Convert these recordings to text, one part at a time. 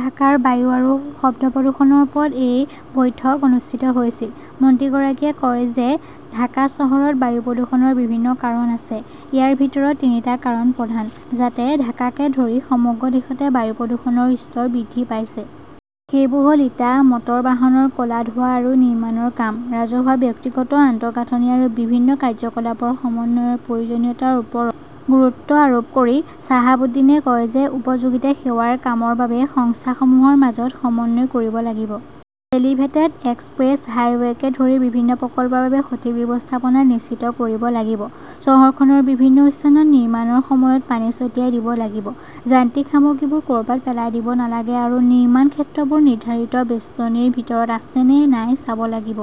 ঢাকাৰ বায়ু আৰু শব্দ প্ৰদূষণৰ ওপৰত এই বৈঠক অনুষ্ঠিত হৈছিল। মন্ত্ৰীগৰাকীয়ে কয় যে ঢাকা চহৰত বায়ু প্ৰদূষণৰ বিভিন্ন কাৰণ আছে। ইয়াৰ ভিতৰত তিনিটা কাৰণ প্ৰধান। যাতে ঢাকাকে ধৰি সমগ্ৰ দেশতে বায়ু প্ৰদূষণৰ স্তৰ বৃদ্ধি পাইছে। সেইবোৰ হ'ল ইটা, মটৰ বাহনৰ ক'লা ধোঁৱা আৰু নিৰ্মাণৰ কাম। ৰাজহুৱা-ব্যক্তিগত আন্তঃগাঁথনি আৰু বিভিন্ন কাৰ্যকলাপৰ সমন্বয়ৰ প্ৰয়োজনীয়তাৰ ওপৰত গুৰুত্ব আৰোপ কৰি শ্বাহাব উদ্দীনে কয় যে, উপযোগিতা সেৱাৰ কামৰ বাবে সংস্থাসমূহৰ মাজত সমন্বয় কৰিব লাগিব। এলিভেটেড এক্সপ্ৰেছ-হাইৱেকে ধৰি বিভিন্ন প্ৰকল্পৰ বাবে সঠিক ব্যৱস্থাপনা নিশ্চিত কৰিব লাগিব। চহৰখনৰ বিভিন্ন স্থানত নিৰ্মাণৰ সময়ত পানী ছটিয়াই দিব লাগিব, যান্ত্ৰিক সামগ্ৰীবোৰ ক'ৰবাত পেলাই দিব নালাগে আৰু নিৰ্মাণ ক্ষেত্ৰবোৰ নিৰ্ধাৰিত বেষ্টনীৰ ভিতৰত আছে নে নাই চাব লাগিব।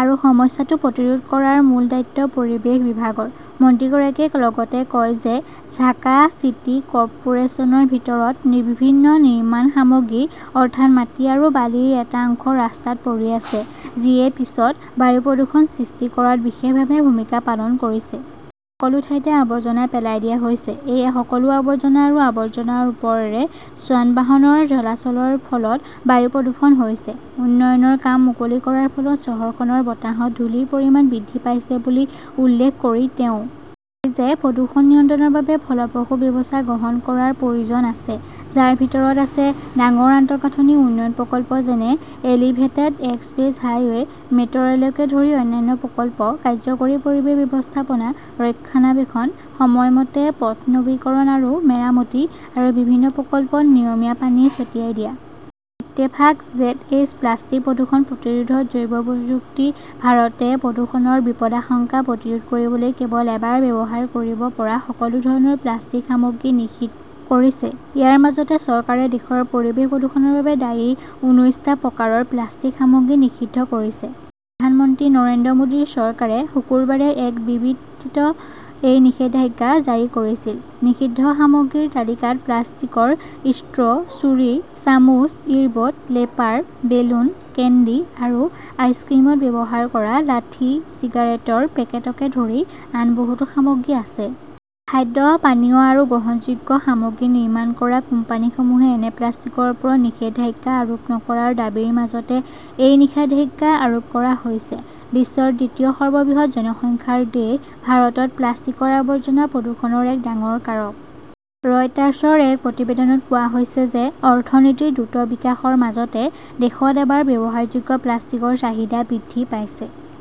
আৰু সমস্যাটো প্ৰতিৰোধ কৰাৰ মূল দায়িত্ব পৰিৱেশ বিভাগৰ। মন্ত্ৰীগৰাকীয়ে লগতে কয় যে ঢাকা চিটি কৰ্পোৰেচনৰ ভিতৰত বিভিন্ন নিৰ্মাণ সামগ্ৰী, অৰ্থাৎ মাটি আৰু বালিৰ এটা অংশ ৰাস্তাত পৰি আছে, যিয়ে পিছত বায়ু প্ৰদূষণ সৃষ্টি কৰাত বিশেষভাৱে ভূমিকা পালন কৰিছে। সকলো ঠাইতে আৱৰ্জনা পেলাই দিয়া হৈছে। এই সকলো আৱৰ্জনা আৰু আৱৰ্জনাৰ ওপৰেৰে যান-বাহনৰ চলাচলৰ ফলত বায়ু প্ৰদূষণ হৈছে। উন্নয়নৰ কাম মুকলি কৰাৰ ফলত চহৰখনৰ বতাহত ধূলিৰ পৰিমাণ বৃদ্ধি পাইছে বুলি উল্লেখ কৰি তেওঁ কয় যে প্ৰদূষণ নিয়ন্ত্ৰণৰ বাবে ফলপ্ৰসূ ব্যৱস্থা গ্ৰহণ কৰাৰ প্ৰয়োজন আছে, যাৰ ভিতৰত আছে ডাঙৰ আন্তঃগাঁথনি উন্নয়ন প্ৰকল্প যেনে এলিভেটেড এক্সপ্ৰেছ হাইৱে, মেট্ৰ'ৰেলকে ধৰি অন্যান্য প্ৰকল্প, কাৰ্যকৰী পৰিৱেশ ব্যৱস্থাপনা ৰক্ষণাবেক্ষণ, সময়মতে পথ নৱীকৰণ আৰু মেৰামতি, আৰু বিভিন্ন প্ৰকল্পত নিয়মীয়া পানী ছটিয়াই দিয়া। ইত্তেফাক জেডএইচ প্লাষ্টিক প্ৰদূষণ প্ৰতিৰোধত জৈৱ প্ৰযুক্তি ভাৰতে প্ৰদূষণৰ বিপদাশংকা প্ৰতিৰোধ কৰিবলৈ কেৱল এবাৰ ব্যৱহাৰ কৰিব পৰা সকলো ধৰণৰ প্লাষ্টিক সামগ্ৰী নিষিদ্ধ কৰিছে। ইয়াৰ মাজতে চৰকাৰে দেশৰ পৰিৱেশ প্ৰদূষণৰ বাবে দায়ী উন্নৈছটা প্ৰকাৰৰ প্লাষ্টিক সামগ্ৰী নিষিদ্ধ কৰিছে। প্ৰধানমন্ত্ৰী নৰেন্দ্ৰ মোদীৰ চৰকাৰে শুকুৰবাৰে এক বিবৃতিত এই নিষেধাজ্ঞা জাৰি কৰিছিল। নিষিদ্ধ সামগ্ৰীৰ তালিকাত প্লাষ্টিকৰ ষ্ট্ৰ ', ছুৰী, চামুচ, ইৰবড, লেপাৰ, বেলুন, কেণ্ডি আৰু আইচক্ৰীমত ব্যৱহাৰ কৰা লাঠি, চিগাৰেটৰ পেকেটকে ধৰি আন বহুতো সামগ্ৰী আছে। খাদ্য, পানীয় আৰু গ্ৰহণযোগ্য সামগ্ৰী নিৰ্মাণ কৰা কোম্পানীসমূহে এনে প্লাষ্টিকৰ ওপৰত নিষেধাজ্ঞা আৰোপ নকৰাৰ দাবীৰ মাজতে এই নিষেধাজ্ঞা আৰোপ কৰা হৈছে। বিশ্বৰ দ্বিতীয় সৰ্ববৃহৎ জনসংখ্যাৰ দেশ ভাৰতত প্লাষ্টিকৰ আৱৰ্জনা প্ৰদূষণৰ এক ডাঙৰ কাৰক। ৰয়টাৰ্ছৰ এক প্ৰতিবেদনত কোৱা হৈছে যে, অৰ্থনীতিৰ দ্ৰুত বিকাশৰ মাজতে দেশত এবাৰ ব্যৱহাৰযোগ্য প্লাষ্টিকৰ চাহিদা বৃদ্ধি পাইছে।